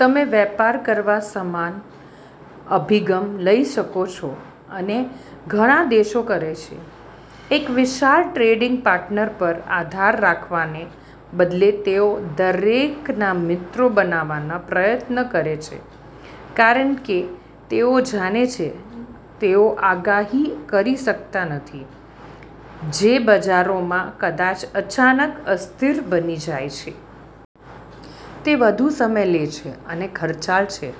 તમે વેપાર કરવા સમાન અભિગમ લઈ શકો છો અને ઘણા દેશો કરે છે. એક વિશાળ ટ્રેડિંગ પાર્ટનર પર આધાર રાખવાને બદલે તેઓ દરેકના મિત્રો બનવાનો પ્રયત્ન કરે છે કારણ કે તેઓ જાણે છે તેઓ આગાહી કરી શકતા નથી જે બજારો કદાચ અચાનક અસ્થિર બની જાય છે. તે વધુ સમય લે છે અને ખર્ચાળ છે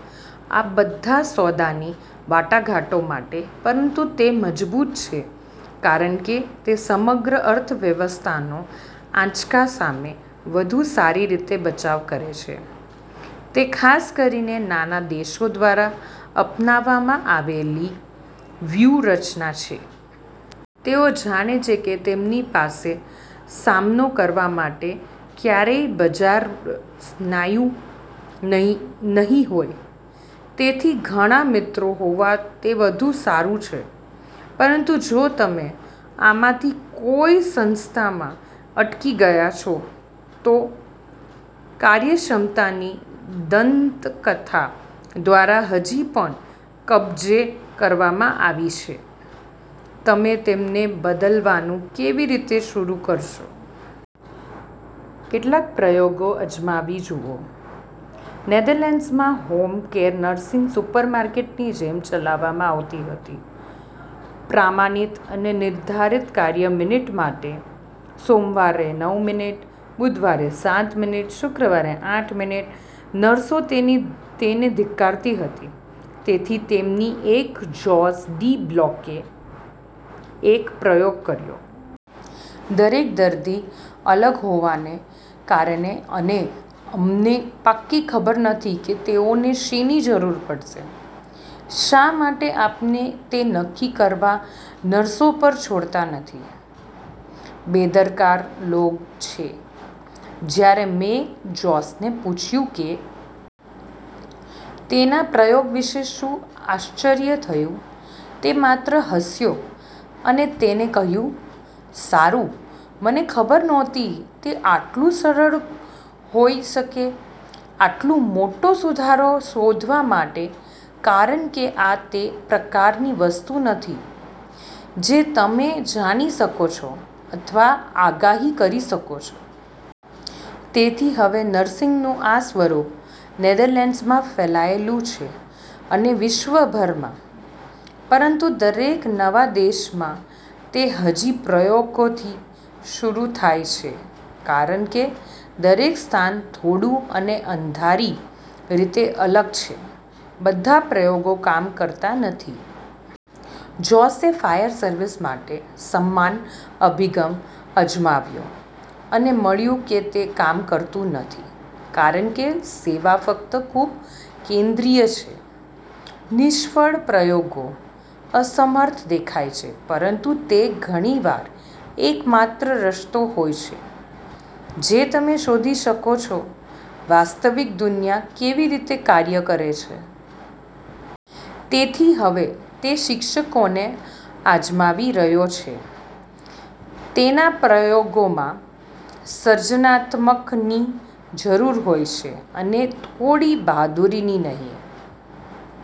આ બધા સોદાની વાટાઘાટો માટે પરંતુ તે મજબૂત છે કારણ કે તે સમગ્ર અર્થવ્યવસ્થાનો આંચકા સામે વધુ સારી રીતે બચાવ કરે છે. તે ખાસ કરીને નાના દેશો દ્વારા અપનાવવામાં આવેલી વ્યૂહરચના છે. તેઓ જાણે છે કે તેમની પાસે સામનો કરવા માટે ક્યારેય બજાર સ્નાયુ નહીં હોય. તેથી ઘણા મિત્રો હોવા તે વધુ સારું છે. પરંતુ જો તમે આમાંથી કોઈ સંસ્થામાં અટકી ગયા છો તે કાર્યક્ષમતાની દંતકથા દ્વારા હજી પણ કબજે કરવામાં આવી છે, તમે તેને બદલવાનું કેવી રીતે શરૂ કરશો? કેટલાક પ્રયોગો અજમાવી જુઓ. નેધરલેન્ડ્સમાં હોમ કેર નર્સિંગ સુપરમાર્કેટની જેમ ચલાવવામાં આવતી હતી પ્રમાણિત અને નિર્ધારિત કાર્ય મિનિટ માટે, સોમવારે નવ મિનિટ, બુધવારે સાત મિનિટ, શુક્રવારે આઠ મિનિટ. નર્સો તેને ધિક્કારતી હતી. તેથી તેમાંની એક જોસ ડી બ્લોકે એક પ્રયોગ કર્યો. દરેક દર્દી અલગ હોવાને કારણે અને અમને પાક્કી ખબર નથી કે તેઓને શેની જરૂર પડશે. શા માટે આપણે તે નક્કી કરવા નર્સો પર છોડતા નથી? બેદરકાર લાગે છે? જ્યારે મેં જોસને પૂછ્યું કે તેનાં પ્રયોગ વિશે શું આશ્ચર્ય થયું, તે માત્ર હસ્યો અને તેણે કહ્યું, "સારું, મને ખબર નહોતી તે આટલું સરળ હોઈ શકે આટલો મોટો સુધારો શોધવા માટે કારણ કે આ તે પ્રકારની વસ્તુ નથી જે તમે જાણી શકો છો અથવા આગાહી કરી શકો છો. તેથી હવે નર્સિંગનું આ સ્વરૂપ નેધરલેન્ડ્ઝમાં ફેલાયેલું છે અને વિશ્વભરમાં. પરંતુ દરેક નવા દેશમાં તે હજી પ્રયોગોથી શરૂ થાય છે કારણ કે દરેક સ્થાન થોડું અને અણધારી રીતે અલગ છે. બધા પ્રયોગો કામ કરતા નથી. જોસે ફાયર સર્વિસ માટે સમાન અભિગમ અજમાવ્યો અને મળ્યું કે તે કામ કરતું નથી કારણ કે સેવા ફક્ત ખૂબ કેન્દ્રિય છે. નિષ્ફળ પ્રયોગો અસમર્થ દેખાય છે પરંતુ તે ઘણી વાર એકમાત્ર રસ્તો હોય છે જે તમે શોધી શકો છો વાસ્તવિક દુનિયા કેવી રીતે કાર્ય કરે છે. તેથી હવે તે શિક્ષકોને આજમાવી રહ્યો છે. તેના પ્રયોગોમાં સર્જનાત્મકતાની જરૂર હોય છે અને થોડી બહાદુરી નહીં.